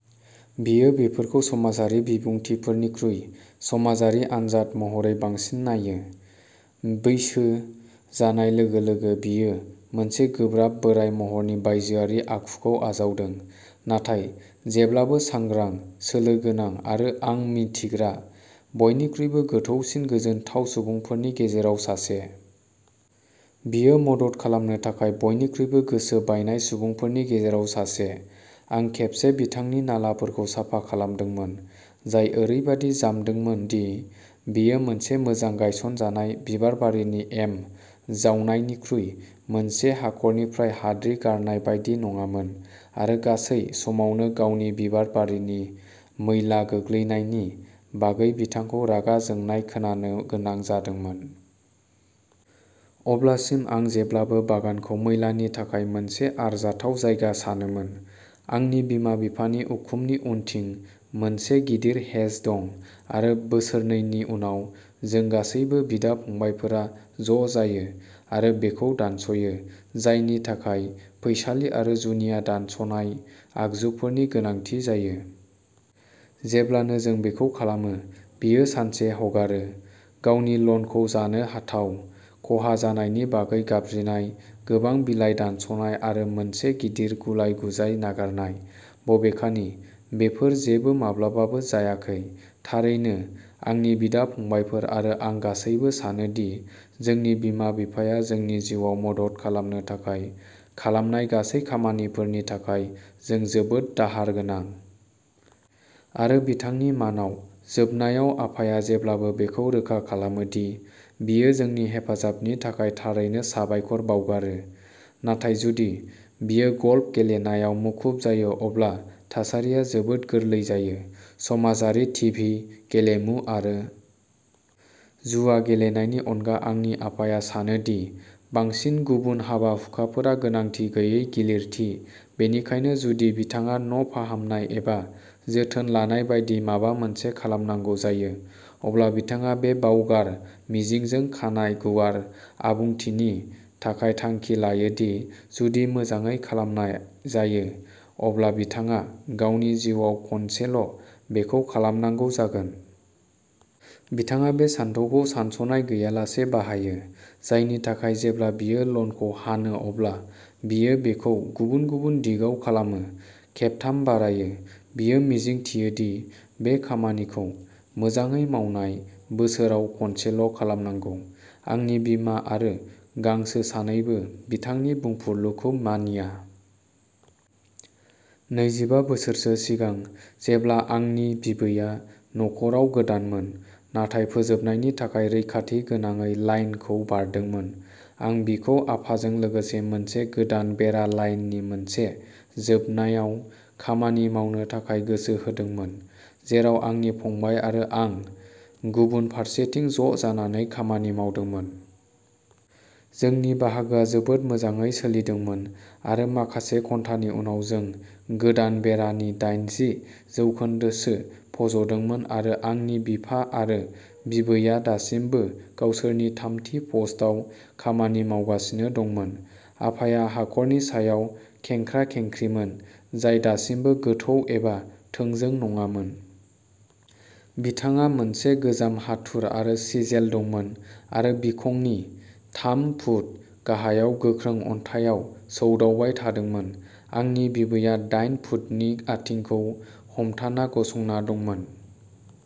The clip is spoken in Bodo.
बियो बेफोरखौ समाजारि बिबुंथिफोरनिख्रुइ समाजारि आनजाद महरै बांसिन नायो। बैसो जानाय लोगो-लोगो बियो मोनसे गोब्राब बोराय महरनि बायजोआरि आखुखौ आजावदों, नाथाय जेब्लाबो सांग्रां, सोलो गोनां, आरो आं मिन्थिग्रा बयनिख्रुइबो गोथौसिन गोजोनथाव सुबुंफोरनि गेजेराव सासे। बियो मदद खालामनो थाखाय बयनिख्रुइबो गोसो बायनाय सुबुंफोरनि गेजेराव सासे। आं खेबसे बिथांनि नालाफोरखौ साफा खालामदोंमोन, जाय ओरैबायदि जामदोंमोन दि बेयो मोनसे मोजां गायसनजानाय बिबारबारिनि एम जावनायनिख्रुइ मोनसे हाखरनिफ्राय हाद्रि गारनाय बायदि नङामोन आरो गासै समावनो गावनि बिबारबारिनि मैला गोग्लैनायनि बागै बिथांखौ रागा जोंनाय खोनानो गोनां जादोंमोन। अब्लासिम आं जेब्लाबो बागानखौ मैलानि थाखाय मोनसे आरजाथाव जायगा सानोमोन। आंनि बिमा-बिफानि उखुमनि उनथिं मोनसे गिदिर हेज दं आरो बोसोरनैनि उनाव जों गासैबो बिदा-फंबायफोरा ज' जायो आरो बेखौ दानस'यो, जायनि थाखाय फैसालि आरो जुनिया दानस'नाय आगजुफोरनि गोनांथि जायो। जेब्लानो जों बेखौ खालामो, बियो सानसे हगारो। गावनि लनखौ जानो हाथाव खहा जानायनि बागै गाबज्रिनाय, गोबां बिलाइ दानस'नाय आरो मोनसे गिदिर गुलाय-गुजाय नागारनाय, बबेखानि बेफोर जेबो माब्लाबाबो जायाखै। थारैनो, आंनि बिदा-फंबायफोर आरो आं गासैबो सानो दि जोंनि बिमा-बिफाया जोंनि जिउआव मदद खालामनो थाखाय खालामनाय गासै खामानिफोरनि थाखाय जों जोबोद दाहार गोनां। आरो बिथांनि मानाव जोबनायाव आफाया जेब्लाबो बेखौ रोखा खालामो दि बियो जोंनि हेफाजाबनि थाखाय थारैनो साबायखर बावगारो। नाथाय जुदि बियो गल्फ गेलेनायाव मुखुब जायो अब्ला थासारिया जोबोद गोरलै जायो। समाजारि, टिभि, गेलेमु आरो जुवा गेलेनायनि अनगा आंनि आफाया सानो दि बांसिन गुबुन हाबा-हुखाफोरा गोनांथि गैयै गिलिरथि, बेनिखायनो जुदि बिथाङा न' फाहामनाय एबा जोथोन लानाय बायदि माबा मोनसे खालामनांगौ जायो, अब्ला बिथाङा बे बावगार मिजिंजों खानाइ-गुवार आबुंथिनि थाखाय थांखि लायो दि जुदि मोजाङै खालामनाय जायो अब्ला बिथाङा गावनि जिउआव खनसेल' बेखौ खालामनांगौ जागोन। बिथाङा बे सानथौखौ सानस'नाय गैयालासे बाहायो, जायनि थाखाय जेब्ला बियो लनखौ हानो अब्ला बियो बेखौ गुबुन गुबुन दिगाव खालामो, खेबथाम बारायो। बियो मिजिंथियो दि बे खामानिखौ, मोजाङै मावनाय, बोसोराव खनसेल' खालामनांगौ। आंनि बिमा आरो गांसो सानैबो बिथांनि बुंफुरलुखौ मानिया। नैजिबा बोसोरसो सिगां जेब्ला आंनि बिबैया न'खराव गोदानमोन, नाथाय फोजोबनायनि थाखाय रैखाथि गोनाङै लाइनखौ बारदोंमोन, आं बिखौ आफाजों लोगोसे मोनसे गोदान बेरा-लाइननि मोनसे जोबनायाव खामानि मावनो थाखाय गोसो होदोंमोन, जेराव आंनि फंबाय आरो आं गुबुन फारसेथिं ज'जानानै खामानि मावदोंमोन। जोंनि बाहागोआ जोबोद मोजाङै सोलिदोंमोन आरो माखासे घन्टानि उनाव जों गोदान बेरा नि दाइनजि जौखोन्दोसो फज'दोंमोन आरो आंनि बिफा आरो बिबैया दासिमबो गावसोरनि थामथि पस्टआव खामानि मावगासिनो दंमोन। आफाया हाखरनि सायाव खेंख्रा-खेंख्रिमोन, जाय दासिमबो गोथौ एबा थोंजों नङामोन। बिथांहा मोनसे गोजाम हाथुर आरो सिजेल दंमोन आरो बिखंनि थाम फुट गाहायाव गोख्रों अन्थाइआव सौदावबाय थादोंमोन। आंनि बिबैया डाइन फुटनि आथिंखौ हमथाना गसंना दंमोन।